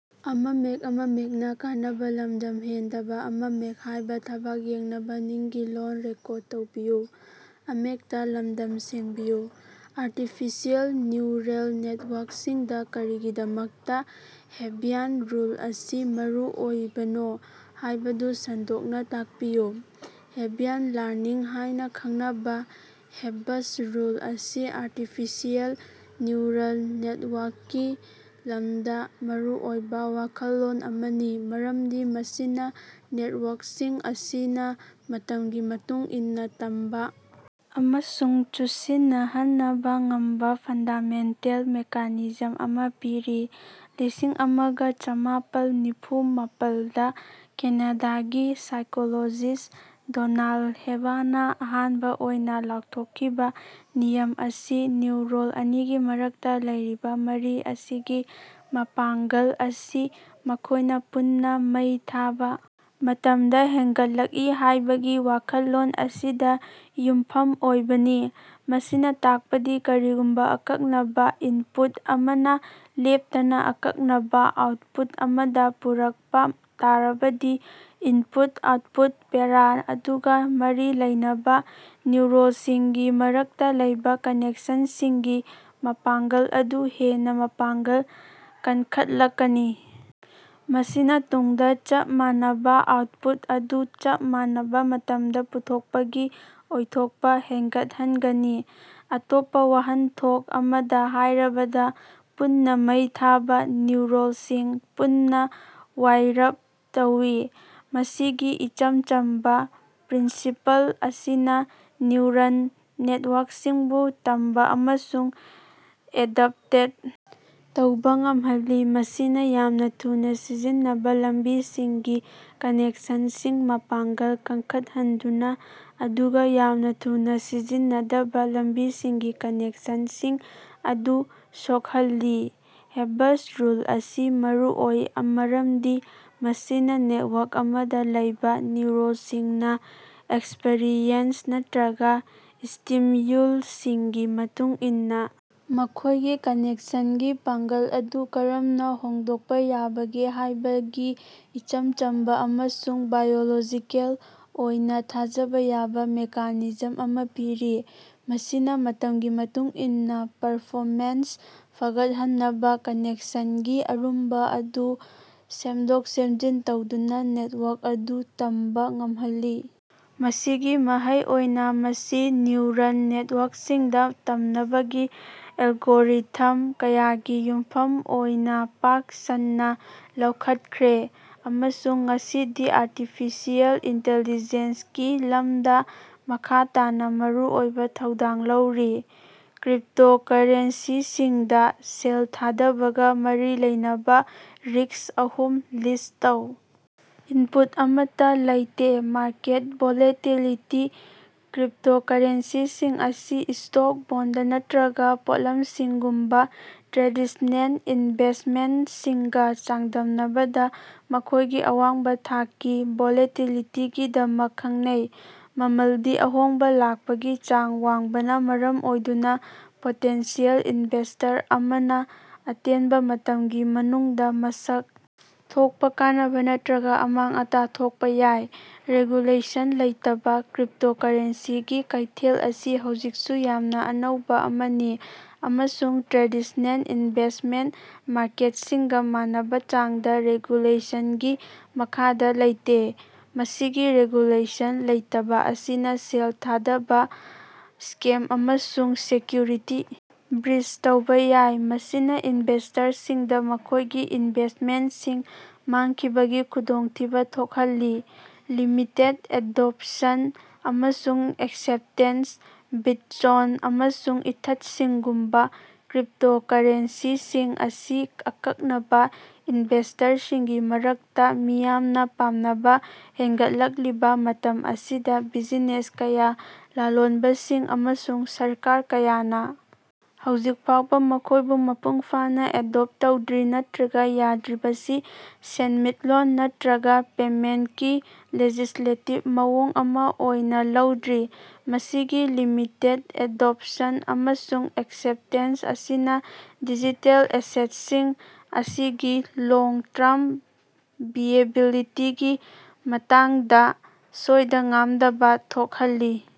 Artificial neural ꯅꯦꯠꯋꯥꯔꯛꯁꯤꯡꯗ ꯀꯔꯤꯒꯤꯗꯃꯛꯇ Hebbian rule ꯑꯁꯤ ꯃꯔꯨꯑꯣꯏꯕꯅꯣ ꯍꯥꯏꯕꯗꯨ ꯁꯟꯗꯣꯛꯅ ꯇꯥꯛꯄꯤꯌꯨ꯫ ꯍꯦꯕ꯭ꯌꯥꯟ ꯂꯔꯅꯤꯡ ꯍꯥꯏꯅ ꯈꯪꯅꯕꯥ ꯍꯦꯕꯁ ꯔꯨꯜ ꯑꯁꯤ ꯑꯥꯔꯇꯤꯐꯤꯁꯤꯑꯦꯜ ꯅ꯭ꯌꯨꯔꯜ ꯅꯦꯠꯋꯥꯔꯛꯀꯤ ꯂꯝꯗꯥ ꯃꯔꯨꯑꯣꯏꯕ ꯋꯥꯈꯜꯂꯣꯟ ꯑꯃꯅꯤ, ꯃꯔꯝꯗꯤ ꯃꯁꯤꯅꯥ ꯅꯦꯠꯋꯥꯔꯛꯁꯤꯡ ꯑꯁꯤꯅ ꯃꯇꯝꯒꯤ ꯃꯇꯨꯡ ꯏꯟꯅ ꯇꯝꯕ ꯑꯃꯁꯨꯡ ꯆꯨꯁꯤꯟꯅꯍꯟꯅꯕ ꯉꯝꯕ ꯐꯟꯗꯥꯃꯦꯟꯇꯦꯜ ꯃꯦꯀꯥꯅꯤꯖꯝ ꯑꯃ ꯄꯤꯔꯤ꯫ ꯂꯤꯁꯤꯡ ꯑꯃꯒ ꯆꯃꯥꯄꯜ ꯅꯤꯐꯨ ꯃꯥꯄꯜꯗ ꯀꯦꯅꯥꯗꯥꯒꯤ ꯁꯥꯏꯀꯣꯂꯣꯖꯤꯁ ꯗꯣꯅꯥꯜꯗ ꯍꯦꯕꯅꯥ ꯑꯍꯥꯟꯕ ꯑꯣꯏꯅ ꯂꯥꯎꯊꯣꯛꯈꯤꯕ ꯅꯤꯌꯝ ꯑꯁꯤ ꯅ꯭ꯌꯨꯔꯣꯟ ꯑꯅꯤꯒꯤ ꯃꯔꯛꯇ ꯂꯩꯔꯤꯕ ꯃꯔꯤ ꯑꯁꯤꯒꯤ ꯃꯄꯥꯡꯒꯜ ꯑꯁꯤ ꯃꯈꯣꯏꯅ ꯄꯨꯟꯅ ꯃꯩ ꯊꯥꯕ ꯃꯇꯝꯗ ꯍꯦꯟꯒꯠꯂꯛꯏ ꯍꯥꯏꯕꯒꯤ ꯋꯥꯈꯜꯂꯣꯟ ꯑꯁꯤꯗ ꯌꯨꯝꯐꯝ ꯑꯣꯏꯕꯅꯤ꯫ ꯃꯁꯤꯅ ꯇꯥꯛꯄꯗꯤ ꯀꯔꯤꯒꯨꯝꯕ ꯑꯀꯛꯅꯕ ꯏꯟꯄꯨꯠ ꯑꯃꯅ ꯂꯦꯞꯇꯅꯥ ꯑꯀꯛꯅꯕꯥ ꯑꯥꯎꯠꯄꯨꯠ ꯑꯃꯗ ꯄꯨꯔꯛꯄ ꯇꯥꯔꯕꯗꯤ, ꯏꯟꯄꯨꯠ/ꯑꯥꯎꯠꯄꯨꯠ ꯄꯦꯔꯥ ꯑꯗꯨꯒ ꯃꯔꯤ ꯂꯩꯅꯕꯥ ꯅ꯭ꯌꯨꯔꯣꯟꯁꯤꯡꯒꯤ ꯃꯔꯛꯇ ꯂꯩꯕꯥ ꯀꯅꯦꯛꯁꯟꯁꯤꯡꯒꯤ ꯃꯄꯥꯡꯒꯜ ꯑꯗꯨ ꯍꯦꯟꯅ ꯃꯄꯥꯡꯒꯜ ꯀꯟꯈꯠꯂꯛꯀꯅꯤ, ꯃꯁꯤꯅ ꯇꯨꯡꯗ ꯆꯞ ꯃꯥꯟꯅꯕ ꯑꯥꯎꯠꯄꯨꯠ ꯑꯗꯨ ꯆꯞ ꯃꯥꯟꯅꯕ ꯃꯇꯝꯗ ꯄꯨꯊꯣꯛꯄꯒꯤ ꯑꯣꯏꯊꯣꯛꯄ ꯍꯦꯟꯒꯠꯍꯟꯒꯅꯤ꯫ ꯑꯇꯣꯞꯄꯥ ꯋꯥꯍꯟꯊꯣꯛ ꯑꯃꯗ ꯍꯥꯏꯔꯕꯗ, ꯄꯨꯟꯅꯥ ꯃꯩ ꯊꯥꯕ ꯅ꯭ꯌꯨꯔꯣꯟꯁꯤꯡ, ꯄꯨꯟꯅꯥ ꯋꯥꯏꯔꯞ ꯇꯧꯏ꯫ ꯃꯁꯤꯒꯤ ꯏꯆꯝ ꯆꯝꯕꯥ ꯄ꯭ꯔꯤꯟꯁꯤꯄꯜ ꯑꯁꯤꯅ ꯅ꯭ꯌꯨꯔꯜ ꯅꯦꯠꯋꯥꯔꯛꯁꯤꯡꯕꯨ ꯇꯝꯕ ꯑꯃꯁꯨꯡ ꯑꯦꯗꯞꯇꯦꯠ ꯇꯧꯕ ꯉꯝꯍꯜꯂꯤ, ꯃꯁꯤꯅ ꯌꯥꯝꯅ ꯊꯨꯅꯥ ꯁꯤꯖꯤꯟꯅꯕ ꯂꯝꯕꯤꯁꯤꯡꯒꯤ ꯀꯅꯦꯛꯁꯟꯁꯤꯡ ꯃꯄꯥꯡꯒꯜ ꯀꯟꯈꯠꯍꯟꯗꯨꯅ, ꯑꯗꯨꯒ ꯌꯥꯝꯅ ꯊꯨꯅꯥ ꯁꯤꯖꯤꯟꯅꯗꯕꯥ ꯂꯝꯕꯤꯁꯤꯡꯒꯤ ꯀꯅꯦꯛꯁꯟꯁꯤꯡ ꯑꯗꯨ ꯁꯣꯛꯍꯜꯂꯤ꯫ ꯍꯦꯕꯁ ꯔꯨꯜ ꯑꯁꯤ ꯃꯔꯨꯑꯣꯏ ꯃꯔꯝꯗꯤ ꯃꯁꯤꯅꯥ ꯅꯦꯠꯋꯥꯔꯛ ꯑꯃꯗ ꯂꯩꯕꯥ ꯅ꯭ꯌꯨꯔꯣꯟꯁꯤꯡꯅ ꯑꯦꯛꯁꯄꯤꯔꯤꯑꯦꯟꯁ ꯅꯠꯇ꯭ꯔꯒ ꯁ꯭ꯇꯤꯝꯌꯨꯜꯁꯤꯡꯒꯤ ꯃꯇꯨꯡ ꯏꯟꯅ ꯃꯈꯣꯏꯒꯤ ꯀꯅꯦꯛꯁꯟꯒꯤ ꯄꯥꯡꯒꯜ ꯑꯗꯨ ꯀꯔꯝꯅ ꯍꯣꯡꯗꯣꯛꯄ ꯌꯥꯕꯒꯦ ꯍꯥꯏꯕꯒꯤ ꯏꯆꯝ ꯆꯝꯕꯥ ꯑꯃꯁꯨꯡ ꯕꯥꯏꯑꯣꯂꯣꯖꯤꯀꯦꯜ ꯑꯣꯏꯅ ꯊꯥꯖꯕ ꯌꯥꯕ ꯃꯦꯀꯥꯅꯤꯖꯝ ꯑꯃ ꯄꯤꯔꯤ꯫ ꯃꯁꯤꯅ ꯃꯇꯝꯒꯤ ꯃꯇꯨꯡ ꯏꯟꯅ ꯄꯔꯐꯣꯃꯦꯟꯁ ꯐꯒꯠꯍꯟꯅꯕ ꯀꯅꯦꯛꯁꯟꯒꯤ ꯑꯔꯨꯝꯕ ꯑꯗꯨ ꯁꯦꯝꯗꯣꯛ-ꯁꯦꯝꯖꯤꯟ ꯇꯧꯗꯨꯅ, ꯅꯦꯠꯋꯥꯔꯛ ꯑꯗꯨ ꯇꯝꯕꯥ ꯉꯝꯍꯜꯂꯤ꯫ ꯃꯁꯤꯒꯤ ꯃꯍꯩ ꯑꯣꯏꯅ ꯃꯁꯤ ꯅ꯭ꯌꯨꯔꯜ ꯅꯦꯠꯋꯥꯔꯛꯁꯤꯡꯗ ꯇꯝꯅꯕꯒꯤ ꯑꯦꯜꯒꯣꯔꯤꯊꯝ ꯀꯌꯥꯒꯤ ꯌꯨꯝꯐꯝ ꯑꯣꯏꯅ ꯄꯥꯛ ꯁꯟꯅꯥ ꯂꯧꯈꯠꯈ꯭ꯔꯦ, ꯑꯃꯁꯨꯡ ꯉꯁꯤꯗꯤ ꯑꯥꯔꯇꯤꯐꯤꯁꯤꯑꯦꯜ ꯏꯟꯇꯤꯂꯤꯖꯦꯟꯁꯀꯤ ꯂꯝꯗꯥ ꯃꯈꯥ ꯇꯥꯅ ꯃꯔꯨꯑꯣꯏꯕ ꯊꯧꯗꯥꯡ ꯂꯧꯔꯤ꯫ ꯀ꯭ꯔꯤꯞꯇꯣꯀꯔꯦꯟꯁꯤꯁꯤꯡꯗꯥ ꯁꯦꯜ ꯊꯥꯗꯕꯒꯥ ꯃꯔꯤ ꯂꯩꯅꯕꯥ ꯔꯤꯛꯁ ꯑꯍꯨꯝ ꯂꯤꯁ ꯇꯧ꯫ ꯏꯟꯄꯨꯠ ꯑꯃꯠꯇꯥꯅ ꯂꯩꯇꯦ꯫ ꯃꯥꯔꯀꯦꯠ ꯚꯣꯂꯦꯇꯤꯂꯤꯇꯤ: ꯀ꯭ꯔꯤꯞꯇꯣꯀꯔꯦꯟꯁꯤꯁꯤꯡ ꯑꯁꯤ ꯁ꯭ꯇꯣꯛ, ꯕꯣꯟꯗ ꯅꯠꯇ꯭ꯔꯒ ꯄꯣꯠꯂꯝꯁꯤꯡꯒꯨꯝꯕ ꯇ꯭ꯔꯦꯗꯤꯁꯅꯦꯜ ꯏꯟꯚꯦꯁ꯭ꯇꯃꯦꯟꯇꯁꯤꯡꯒ ꯆꯥꯡꯗꯝꯅꯕꯗ ꯃꯈꯣꯏꯒꯤ ꯑꯋꯥꯡꯕ ꯊꯥꯛꯀꯤ ꯚꯣꯂꯦꯇꯤꯂꯤꯇꯤꯒꯤꯗꯃꯛ ꯈꯪꯅꯩ꯫ ꯃꯃꯜꯗꯥ ꯑꯍꯣꯡꯕ ꯂꯥꯛꯄꯒꯤ ꯆꯥꯡ ꯋꯥꯡꯕꯅ ꯃꯔꯝ ꯑꯣꯏꯗꯨꯅꯥ ꯄꯣꯇꯦꯟꯁꯤꯌꯦꯜ ꯏꯟꯚꯦꯁꯇ꯭ꯔ ꯑꯃꯅ ꯑꯇꯦꯟꯕꯥ ꯃꯇꯝꯒꯤ ꯃꯅꯨꯡꯗ ꯃꯁꯛ ꯊꯣꯛꯄ ꯀꯥꯟꯅꯕ ꯅꯠꯇ꯭ꯔꯒ ꯑꯃꯥꯡ-ꯑꯇꯥ ꯊꯣꯛꯄ ꯌꯥꯏ꯫ ꯔꯦꯒꯨꯂꯦꯁꯟ ꯂꯩꯇꯕꯥ: ꯀ꯭ꯔꯤꯞꯇꯣꯀꯔꯦꯟꯁꯤꯒꯤ ꯀꯩꯊꯦꯜ ꯑꯁꯤ ꯍꯧꯖꯤꯛꯁꯨ ꯌꯥꯝꯅ ꯑꯅꯧꯕꯥ ꯑꯃꯅꯤ ꯑꯃꯁꯨꯡ ꯇ꯭ꯔꯦꯗꯤꯁꯅꯦꯜ ꯏꯟꯚꯦꯁꯃꯦꯟ ꯃꯥꯔꯀꯦꯠꯁꯤꯡꯒ ꯃꯥꯟꯅꯕ ꯆꯥꯡꯗ ꯔꯦꯒꯨꯂꯦꯁꯟꯒꯤ ꯃꯈꯥꯗ ꯂꯩꯇꯦ꯫ ꯃꯁꯤꯒꯤ ꯔꯦꯒꯨꯂꯦꯁꯟ ꯂꯩꯇꯕ ꯑꯁꯤꯅ ꯁꯦꯜ ꯊꯥꯗꯕ, ꯁ꯭ꯀꯦꯝ, ꯑꯃꯁꯨꯡ ꯁꯦꯛꯀ꯭ꯌꯨꯔꯤꯇꯤ ꯕ꯭ꯔꯤꯁ ꯇꯧꯕ ꯌꯥꯏ, ꯃꯁꯤꯅ ꯏꯟꯚꯦꯁ꯭ꯇꯔꯁꯤꯡꯗꯥ ꯃꯈꯣꯏꯒꯤ ꯏꯟꯚꯦꯁꯃꯦꯟꯁꯤꯡ ꯃꯥꯡꯈꯤꯕꯒꯤ ꯈꯨꯗꯣꯡꯊꯤꯕꯥ ꯊꯣꯛꯍꯜꯂꯤ꯫ ꯂꯤꯃꯤꯇꯦꯠ ꯑꯦꯗꯣꯞꯁꯟ ꯑꯃꯁꯨꯡ ꯑꯦꯛꯁꯦꯞꯇꯦꯟꯁ: ꯕꯤꯠꯆꯣꯟ ꯑꯃꯁꯨꯡ ꯏꯊꯠꯁꯤꯡꯒꯨꯝꯕ ꯀ꯭ꯔꯤꯞꯇꯣꯀꯔꯦꯟꯁꯤꯁꯤꯡ ꯑꯁꯤ ꯑꯀꯛꯅꯕꯥ ꯏꯟꯚꯦꯁ꯭ꯇꯔꯁꯤꯡꯒꯤ ꯃꯔꯛꯇ ꯃꯤꯌꯥꯝꯅ ꯄꯥꯝꯅꯕ ꯍꯦꯟꯒꯠꯂꯛꯂꯤꯕ ꯃꯇꯝ ꯑꯁꯤꯗ, ꯕꯤꯖꯤꯅꯦꯁ ꯀꯌꯥ, ꯂꯂꯣꯟꯕꯁꯤꯡ ꯑꯃꯁꯨꯡ ꯁꯔꯀꯥꯔ ꯀꯌꯥꯅ ꯍꯧꯖꯤꯛ ꯐꯥꯎꯕ ꯃꯈꯣꯏꯕꯨ ꯃꯄꯨꯡ ꯐꯥꯅ ꯑꯦꯗꯣꯞ ꯇꯧꯗ꯭ꯔꯤ ꯅꯠꯇ꯭ꯔꯒ ꯌꯥꯗ꯭ꯔꯤꯕꯁꯤ ꯁꯦꯟꯃꯤꯠꯂꯣꯟ ꯅꯠꯇ꯭ꯔꯒ ꯄꯦꯃꯦꯟꯀꯤ ꯂꯦꯖꯤꯁꯂꯦꯇꯤꯕ ꯃꯑꯣꯡ ꯑꯃ ꯑꯣꯏꯅ ꯂꯧꯗ꯭ꯔꯤ꯫ ꯃꯁꯤꯒꯤ ꯂꯤꯃꯤꯇꯦꯠ ꯑꯦꯗꯣꯞꯁꯟ ꯑꯃꯁꯨꯡ ꯑꯦꯛꯁꯦꯞꯇꯦꯟꯁ ꯑꯁꯤꯅ ꯗꯤꯖꯤꯇꯦꯜ ꯑꯦꯁꯦꯠꯁꯤꯡ ꯑꯁꯤꯒꯤ ꯂꯣꯡ-ꯇ꯭ꯔꯝ ꯚꯤꯑꯦꯕꯤꯂꯤꯇꯤꯒꯤ ꯃꯇꯥꯡꯗ ꯁꯣꯏꯗ-ꯉꯥꯝꯗꯕ ꯊꯣꯛꯍꯜꯂꯤ꯫